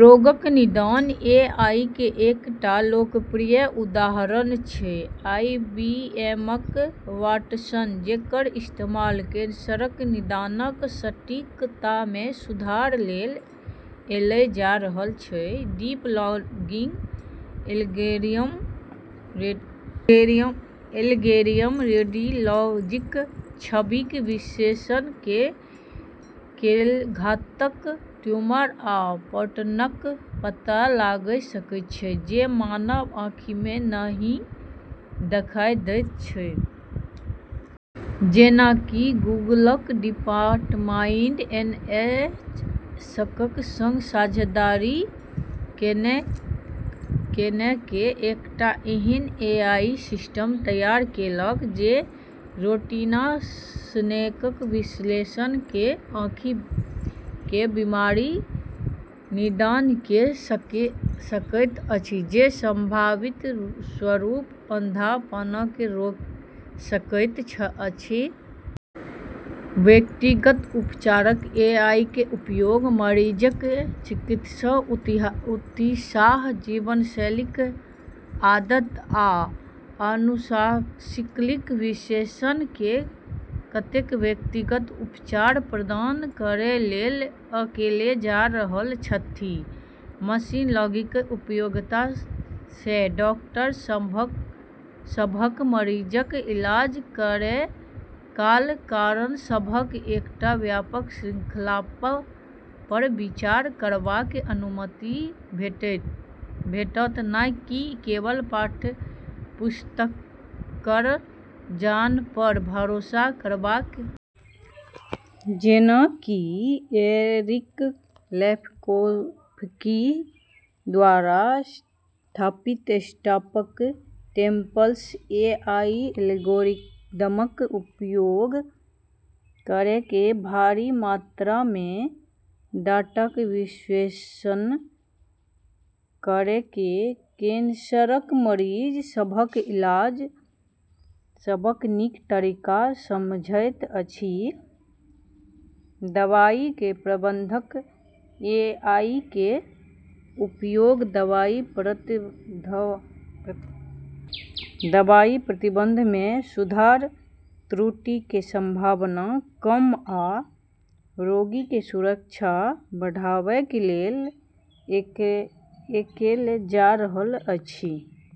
रोगक निदान एआईक एकटा लोकप्रिय उदाहरण छै आईबीएमक वाटसन, जेकर इस्तेमाल कैंसरक निदानक सटीकतामे सुधार लेल कएल जा रहल अछि। डीप लर्निंग एल्गोरिदम रेडियोलॉजीक छबिक विश्लेषण कऽ कऽ घातक ट्यूमर आ पैटर्नक पता लगाइ सकैत अछि जे मानव आँखिसँ नहि देखाइ दैत अछि। जेना कि गूगलक डीपमाइंड एनएचएसक संग साझेदारी कऽ कऽ एकटा एहन एआई सिस्टम तैयार केलक जे रेटिना स्कैनक विश्लेषण कऽ कऽ आँखिक बीमारीक निदान कऽ सकैत अछि, जे सम्भावित रूपसँ अंधापनकेँ रोकि सकैत अछि। व्यक्तिगत उपचार एआईक उपयोग मरीजक चिकित्सा इतिहास, जीवनशैलीक आदत, आ आनुवंशिकीक विश्लेषण कऽ कऽ व्यक्तिगत उपचार प्रदान करै लेल कएल जा रहल अछि। मशीन लर्निंगक उपयोगसँ डाक्टर सभकेँ मरीजक इलाज करै काल कारक सभक एकटा व्यापक श्रृंखलापर विचार करबाक अनुमति भेटतैक, न कि केवल पाठ्यपुस्तकक ज्ञानपर भरोसा करबाक। जेना कि एरिक लेफकोफ्स्की द्वारा स्थापित स्टार्टअप टेम्पस एआई एल्गोरिदमक प्रयोग कऽ कऽ भारी मात्रामे डाटाक विश्लेषण कऽ कऽ कैंसरक मरीज सभक इलाजक सबसँ नीक तरीका समझैत अछि। दवाइ प्रबंधन एआईक उपयोग दवाइ प्रबंधनमे सुधार, त्रुटिक संभावना कम आ रोगीक सुरक्षा बढ़ाबै लेल कएल जा रहल अछि।